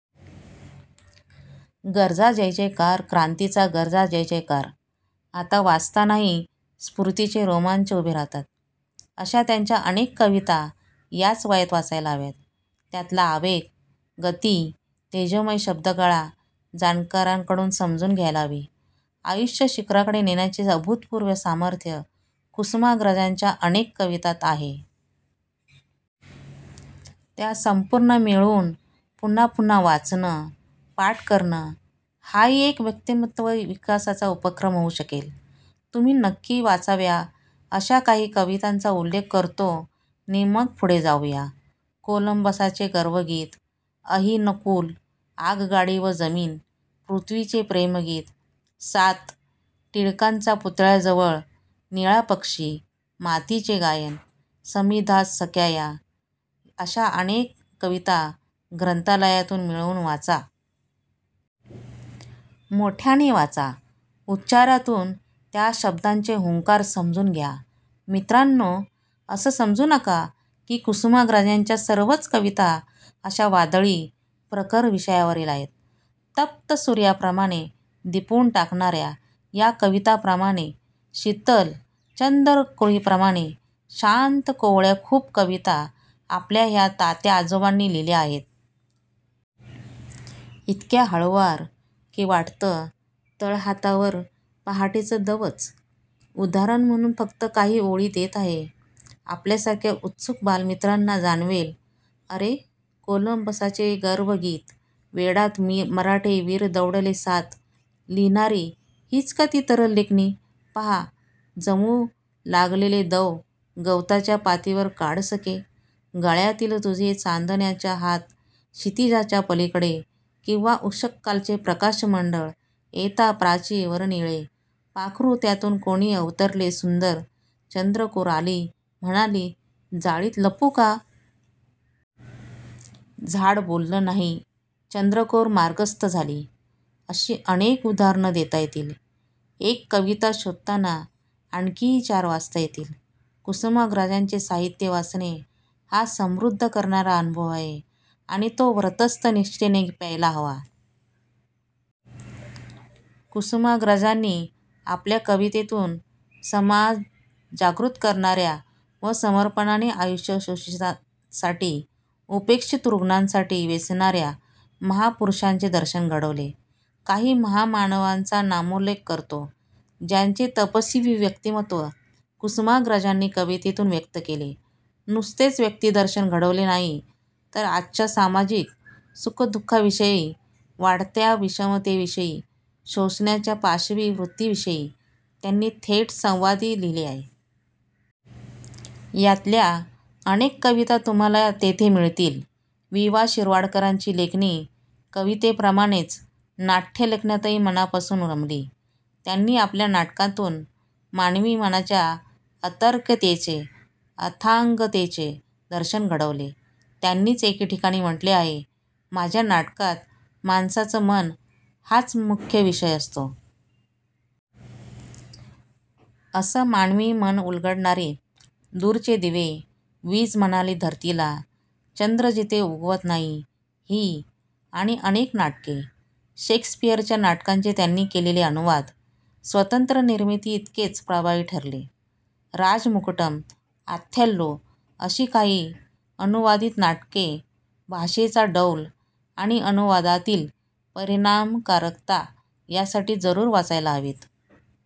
गर्जा जयजयकार क्रांतीचा गर्जा जयजयकार! ' आता वाचतानाही स्फूर्तीचे रोमांच उभे राहतात, अशा त्यांच्या अनेक कविता याच वयात वाचायला हव्यात. त्यातला आवेग, गती, तेजोमय शब्दकळा जाणकारांकडून समजून घ्यायला हवी. आयुष्य शिखराकडे नेण्याचे अभूतपूर्व सामर्थ्य कुसुमाग्रजांच्या अनेक कवितांत आहे. त्या संपूर्ण मिळवून पुन्हापुन्हा वाचणं, पाठ करणं हाही एक व्यक्तिमत्त्व विकासाचा उपक्रम होऊ शकेल. तुम्ही नक्की वाचाव्या, अशा काही कवितांचा उल्लेख करतो नि मग पुढे जाऊ या. 'कोलंबसाचे गर्वगीत', 'अहि-नकूल', 'आगगाडी व जमीन', 'पृथ्वीचे प्रेमगीत', 'सात', 'टिळकांच्या पुतळ्याजवळ', 'निळा पक्षी', 'मातीचे गायन', 'समिधाच सख्या या', अशा अनेक कविता ग्रंथालयांतून मिळवून वाचा. मोठ्याने वाचा. उच्चारातून त्या शब्दांचे हुंकार समजून घ्या! मित्रांनो, असं समजू नका, की कुसुमाग्रजांच्या सर्वच कविता अशा वादळी, प्रखर विषयावरील आहेत. तप्त सूर्याप्रमाणे दिपवून टाकणा-या कवितांप्रमाणे शीतल चंद्रकोरीप्रमाणे शांत-कोवळ्या खूप कविता आपल्या ह्या तात्याआजोबांनी लिहिल्या आहेत. इतक्या हळुवार; की वाटतं तळहातावर पहाटेचं दवच! उदाहरण म्हणून फक्त काही ओळी देत आहे. आपल्यासारख्या उत्सुक बालमित्रांना जाणवेल, अरे, 'कोलंबसाचे गर्वगीत' 'वेडात मराठे वीर दौडले सात' लिहिणारी हीच का ती तरल लेखणी? पाहा – जमू लागलेले दव गवताच्या पातीवर काढ सखे, गळ्यातील तुझे चांदण्याचे हात क्षितिजाच्या पलीकडे किंवा 'उष:कालचे प्रकाशमंडळ येता प्राचीवर निळे पाखरू त्यांतून कोणी अवतरले सुंदर' चंद्रकोर आली, म्हणाली, जाळीत लपू का? झाड बोललं नाही चंद्रकोर मार्गस्थ झाली... ' अशी अनेक उदाहरणे देता येतील. एक कविता शोधताना आणखीही चार वाचता येतील. कुसुमाग्रजांचे साहित्य वाचणे हा समृद्ध करणारा अनुभव आहे आणि तो व्रतस्थ निष्ठेने प्यायला हवा. कुसुमाग्रजांनी आपल्या कवितेतून समाज जागृत करणा-या व समर्पणाने आयुष्य शोषितांसाठी, उपेक्षित रुग्णांसाठी वेचणा-या महापुरुषांचे दर्शन घडवले. काही महामानवांचा नामोल्लेख करतो, ज्यांचे तपस्वी व्यक्तिमत्त्व कुसुमाग्रजांनी कवितेतून व्यक्त केले. नुसतेच व्यक्तिदर्शन घडवले नाही, तर आजच्या सामाजिक सुख-दु:खांविषयी, वाढत्या विषमतेविषयी, शोषणाच्या पाशवी वृत्तीविषयी त्यांनी थेट संवादी लिहिले. यातल्या अनेक कविता तुम्हांला तेथे मिळतील. वि. वा. शिरवाडकरांची लेखणी कवितेप्रमाणेच नाट्यलेखनातही मनापासून रमली. त्यांनी आपल्या नाटकांतून मानवी मनाच्या अतर्क्यतेचे, अथांगतेचे दर्शन घडवले. त्यांनीच एके ठिकाणी म्हटले आहे 'माझ्या नाटकात माणसाचं मन हाच मुख्य विषय असतो. ' असं मानवी मन उलगडणारी- 'दूरचे दिवे', 'वीज म्हणाली धरतीला', 'चंद्र जिथे उगवत नाही' ही आणि अनेक नाटके. शेक्सपिअरच्या नाटकांचे त्यांनी केलेले अनुवाद, स्वतंत्र निर्मितीइतकेच प्रभावी ठरले. राजमुकुटम, ऑथेल्लो अशी काही अनुवादित नाटके भाषेचा डौल आणि अनुवादातील परिणामकारकता यासाठी जरूर वाचायला हवीत.